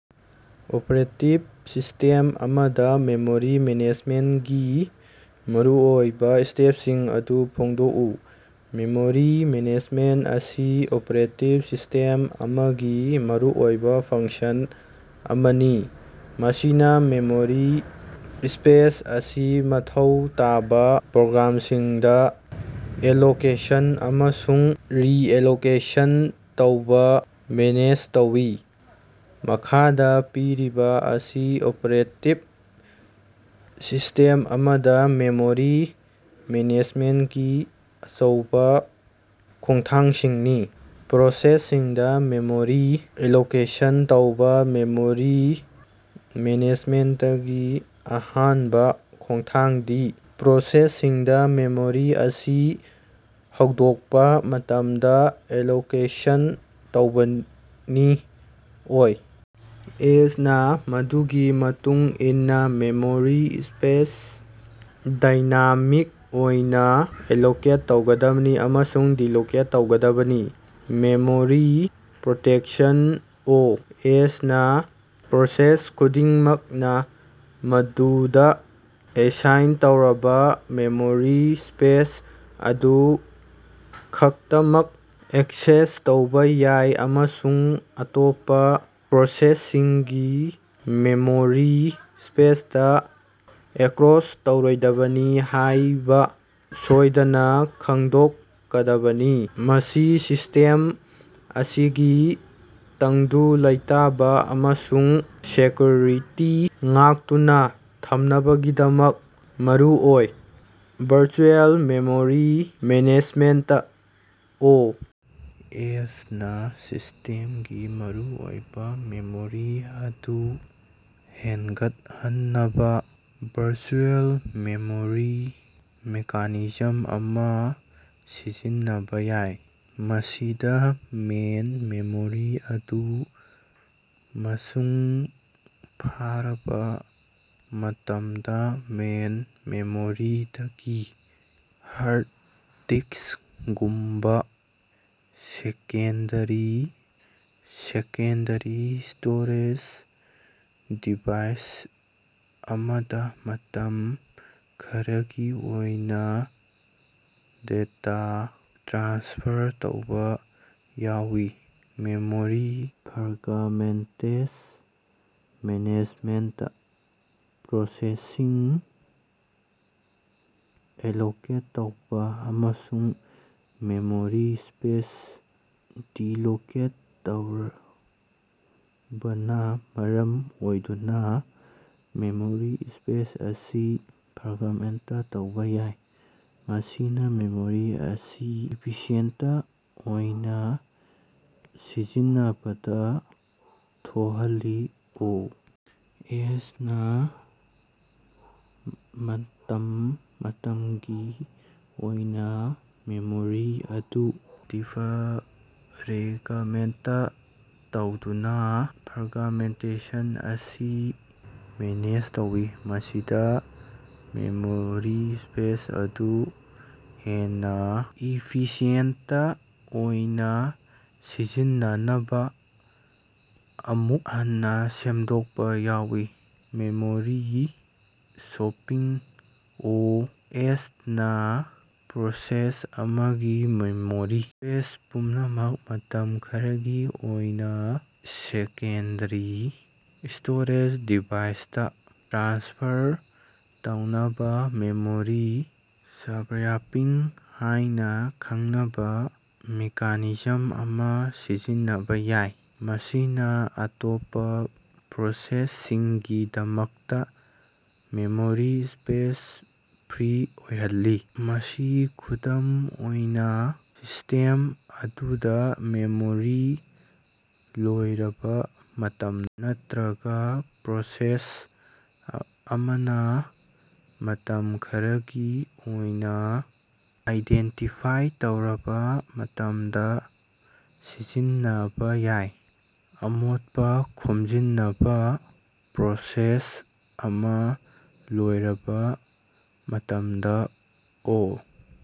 Operating system ꯑꯃꯗꯥ memory ꯃꯦꯅꯦꯖꯃꯦꯟꯇꯒꯤ ꯃꯔꯨꯑꯣꯏꯕꯥ ꯁ꯭ꯇꯦꯄꯁꯤꯡ ꯑꯗꯨ ꯐꯣꯡꯗꯣꯛꯎ꯫ ꯃꯦꯃꯣꯔꯤ ꯃꯦꯅꯦꯖꯃꯦꯟꯇ ꯑꯁꯤ ꯑꯣꯄꯔꯦꯇꯤꯞ ꯁꯤꯁ꯭ꯇꯦꯝ ꯑꯃꯒꯤ ꯃꯔꯨꯑꯣꯏꯕꯥ ꯐꯪꯁꯟ ꯑꯃꯅꯤ, ꯃꯁꯤꯅꯥ ꯃꯦꯃꯣꯔꯤ ꯁ꯭ꯄꯦꯁ ꯑꯁꯤ ꯃꯊꯧ ꯇꯥꯕꯥ ꯄ꯭ꯔꯣꯒ꯭ꯔꯥꯝꯁꯤꯡꯗꯥ ꯑꯦꯂꯣꯀꯦꯁꯟ ꯑꯃꯁꯨꯡ ꯔꯤꯑꯦꯂꯣꯀꯦꯁꯟ ꯇꯧꯕꯥ ꯃꯦꯅꯦꯖ ꯇꯧꯏ꯫ ꯃꯈꯥꯗꯥ ꯄꯤꯔꯤꯕꯥ ꯑꯁꯤ ꯑꯣꯄꯔꯦꯇꯤꯞ ꯁꯤꯁ꯭ꯇꯦꯝ ꯑꯃꯗꯥ ꯃꯦꯃꯣꯔꯤ ꯃꯦꯅꯦꯖꯃꯦꯟꯇꯀꯤ ꯑꯆꯧꯕꯥ ꯈꯣꯡꯊꯥꯡꯁꯤꯡꯅꯤ: ꯄ꯭ꯔꯣꯁꯦꯁꯁꯤꯡꯗꯥ ꯃꯦꯃꯣꯔꯤ ꯑꯦꯂꯣꯀꯦꯁꯟ ꯇꯧꯕꯥ: ꯃꯦꯃꯣꯔꯤ ꯃꯦꯅꯦꯖꯃꯦꯟꯇꯀꯤ ꯑꯍꯥꯟꯕꯥ ꯈꯣꯡꯊꯥꯡꯗꯤ ꯄ꯭ꯔꯣꯁꯦꯁꯁꯤꯡꯗꯥ ꯃꯦꯃꯣꯔꯤ ꯑꯁꯤ ꯍꯧꯗꯣꯛꯄꯥ ꯃꯇꯝꯗꯥ ꯑꯦꯂꯣꯀꯦꯁꯟ ꯇꯧꯕꯅꯤ꯫ ꯑꯣꯏ ꯑꯦꯁ. ꯅꯥ ꯃꯗꯨꯒꯤ ꯃꯇꯨꯡ ꯏꯟꯅꯥ ꯃꯦꯃꯣꯔꯤ ꯁ꯭ꯄꯦꯁ ꯗꯥꯏꯅꯥꯃꯤꯛ ꯑꯣꯏꯅꯥ ꯑꯦꯂꯣꯀꯦꯠ ꯇꯧꯒꯗꯕꯅꯤ ꯑꯃꯁꯨꯡ ꯗꯤꯂꯣꯀꯦꯠ ꯇꯧꯒꯗꯕꯅꯤ꯫ ꯃꯦꯃꯣꯔꯤ ꯄ꯭ꯔꯣꯇꯦꯛꯁꯟ: ꯑꯣ. ꯑꯦꯁ. ꯅꯥ ꯄ꯭ꯔꯣꯁꯦꯁ ꯈꯨꯗꯤꯡꯃꯛꯅꯥ ꯃꯗꯨꯗꯥ ꯑꯦꯁꯥꯏꯟ ꯇꯧꯔꯕꯥ ꯃꯦꯃꯣꯔꯤ ꯁ꯭ꯄꯦꯁ ꯑꯗꯨ ꯈꯛꯇꯃꯛ ꯑꯦꯛꯁꯦꯁ ꯇꯧꯕꯥ ꯌꯥꯏ ꯑꯃꯁꯨꯡ ꯑꯇꯣꯞꯄꯥ ꯄ꯭ꯔꯣꯁꯦꯁꯁꯤꯡꯒꯤ ꯃꯦꯃꯣꯔꯤ ꯁ꯭ꯄꯦꯁꯇꯥ ꯑꯦꯛꯀꯔꯣꯁ ꯇꯧꯔꯣꯏꯗꯕꯅꯤ ꯍꯥꯏꯕꯥ ꯁꯣꯏꯗꯅꯥ ꯈꯪꯗꯣꯛꯀꯗꯕꯅꯤ꯫ ꯃꯁꯤ ꯁꯤꯁ꯭ꯇꯦꯝ ꯑꯁꯤꯒꯤ ꯇꯪꯗꯨ ꯂꯩꯇꯥꯕꯥ ꯑꯃꯁꯨꯡ ꯁꯦꯛꯀꯌꯨꯔꯤꯇꯤ ꯉꯥꯛꯇꯨꯅꯥ ꯊꯝꯅꯕꯒꯤꯗꯃꯛ ꯃꯔꯨꯑꯣꯏ꯫ Virtual memory management: O. S. ꯅꯥ ꯁꯤꯁ꯭ꯇꯦꯃꯒꯤ ꯃꯔꯨꯑꯣꯏꯕꯥ ꯃꯦꯃꯣꯔꯤ ꯑꯗꯨ ꯍꯦꯟꯒꯠꯍꯟꯅꯕꯥ ꯚꯔꯆꯨꯑꯦꯜ ꯃꯦꯃꯣꯔꯤ ꯃꯦꯀꯥꯅꯤꯖꯝ ꯑꯃꯥ ꯁꯤꯖꯤꯟꯅꯕꯥ ꯌꯥꯏ꯫ ꯃꯁꯤꯗꯥ ꯃꯦꯟ ꯃꯦꯃꯣꯔꯤ ꯑꯗꯨ ꯃꯁꯨꯡ ꯐꯥꯔꯕꯥ ꯃꯇꯝꯗꯥ ꯃꯦꯟ ꯃꯦꯃꯣꯔꯤꯗꯒꯤ ꯍꯥꯔ ꯗꯤꯁ꯭ꯀꯒꯨꯝꯕꯥ ꯁꯦꯀꯦꯟꯗꯔꯤ ꯁ꯭ꯇꯣꯔꯦꯖ ꯗꯤꯚꯥꯏꯁ ꯑꯃꯗꯥ ꯃꯇꯝ ꯈꯔꯒꯤ ꯑꯣꯏꯅꯥ ꯗꯦꯇꯥ ꯇ꯭ꯔꯥꯟꯁꯐꯔ ꯇꯧꯕꯥ ꯌꯥꯎꯏ꯫ ꯃꯦꯃꯣꯔꯤ ꯐ꯭ꯔꯒꯃꯦꯟꯇꯦꯁꯟ ꯃꯦꯅꯦꯖꯃꯦꯟꯇ: ꯄ꯭ꯔꯣꯁꯦꯁꯁꯤꯡ ꯑꯦꯂꯣꯀꯦꯠ ꯇꯧꯕꯥ ꯑꯃꯁꯨꯡ ꯃꯦꯃꯣꯔꯤ ꯁ꯭ꯄꯦꯁ ꯗꯤꯂꯣꯀꯦꯠ ꯇꯧꯕꯅꯥ ꯃꯔꯝ ꯑꯣꯏꯗꯨꯅꯥ ꯃꯦꯃꯣꯔꯤ ꯁ꯭ꯄꯦꯁ ꯑꯁꯤ ꯐ꯭ꯔꯒꯃꯦꯟꯇ ꯇꯧꯕꯥ ꯌꯥꯏ, ꯃꯁꯤꯅꯥ ꯃꯦꯃꯣꯔꯤ ꯑꯁꯤ ꯏꯐꯤꯁꯤꯑꯦꯟꯇ ꯑꯣꯏꯅꯥ ꯁꯤꯖꯤꯟꯅꯕꯗꯥ ꯊꯣꯍꯜꯂꯤ꯫ ꯑꯣ. ꯑꯦꯁ. ꯅꯥ ꯃꯇꯝ ꯃꯇꯝꯒꯤ ꯑꯣꯏꯅꯥ ꯃꯦꯃꯣꯔꯤ ꯑꯗꯨ ꯗꯤꯐꯥꯐ꯭ꯔꯦꯒꯃꯦꯟꯇ ꯇꯧꯗꯨꯅꯥ ꯐ꯭ꯔꯒꯃꯦꯟꯇꯦꯁꯟ ꯑꯁꯤ ꯃꯦꯅꯦꯖ ꯇꯧꯏ, ꯃꯁꯤꯗꯥ ꯃꯦꯃꯣꯔꯤ ꯁ꯭ꯄꯦꯁ ꯑꯗꯨ ꯍꯦꯟꯅꯥ ꯏꯐꯤꯁꯤꯑꯦꯟꯇ ꯑꯣꯏꯅꯥ ꯁꯤꯖꯤꯟꯅꯅꯕꯥ ꯑꯃꯨꯛ ꯍꯟꯅꯥ ꯁꯦꯝꯗꯣꯛꯄꯥ ꯌꯥꯎꯏ꯫ ꯃꯦꯃꯣꯔꯤ ꯁꯣꯄꯤꯡ: ꯑꯣ. ꯑꯦꯁ. ꯅꯥ ꯄ꯭ꯔꯣꯁꯦꯁ ꯑꯃꯒꯤ ꯃꯦꯃꯣꯔꯤ ꯁ꯭ꯄꯦꯁ ꯄꯨꯝꯅꯃꯛ ꯃꯇꯝ ꯈꯔꯒꯤ ꯑꯣꯏꯅꯥ ꯁꯦꯀꯦꯟꯗꯔꯤ ꯁ꯭ꯇꯣꯔꯦꯖ ꯗꯤꯚꯥꯏꯁꯇꯥ ꯇ꯭ꯔꯥꯟꯁꯐꯔ ꯇꯧꯅꯕꯥ ꯃꯦꯃꯣꯔꯤ ꯁ꯭ꯕ꯭ꯌꯥꯄꯤꯡ ꯍꯥꯏꯅꯥ ꯈꯪꯅꯕꯥ ꯃꯦꯀꯥꯅꯤꯖꯝ ꯑꯃꯥ ꯁꯤꯖꯤꯟꯅꯕꯥ ꯌꯥꯏ, ꯃꯁꯤꯅꯥ ꯑꯇꯣꯞꯄꯥ ꯄ꯭ꯔꯣꯁꯦꯁꯁꯤꯡꯒꯤꯗꯃꯛꯇꯥ ꯃꯦꯃꯣꯔꯤ ꯁ꯭ꯄꯦꯁ ꯐ꯭ꯔꯤ ꯑꯣꯏꯍꯜꯂꯤ꯫ ꯃꯁꯤ ꯈꯨꯗꯝ ꯑꯣꯏꯅꯥ, ꯁꯤꯁ꯭ꯇꯦꯝ ꯑꯗꯨꯗꯥ ꯃꯦꯃꯣꯔꯤ ꯂꯣꯏꯔꯕꯥ ꯃꯇꯝꯗꯥ ꯅꯠꯇꯔꯒꯥ ꯄ꯭ꯔꯣꯁꯦꯁ ꯑꯃꯅꯥ ꯃꯇꯝ ꯈꯔꯒꯤ ꯑꯣꯏꯅꯥ ꯑꯥꯏꯗꯦꯟꯇꯤꯐꯥꯏ ꯇꯧꯔꯕꯥ ꯃꯇꯝꯗꯥ ꯁꯤꯖꯤꯟꯅꯕꯥ ꯌꯥꯏ꯫ ꯑꯃꯣꯠꯄꯥ ꯈꯣꯝꯖꯤꯅꯕꯥ: ꯄ꯭ꯔꯣꯁꯦꯁ ꯑꯃꯥ ꯂꯣꯏꯔꯕꯥ ꯃꯇꯝꯗꯥ ꯑꯣ꯫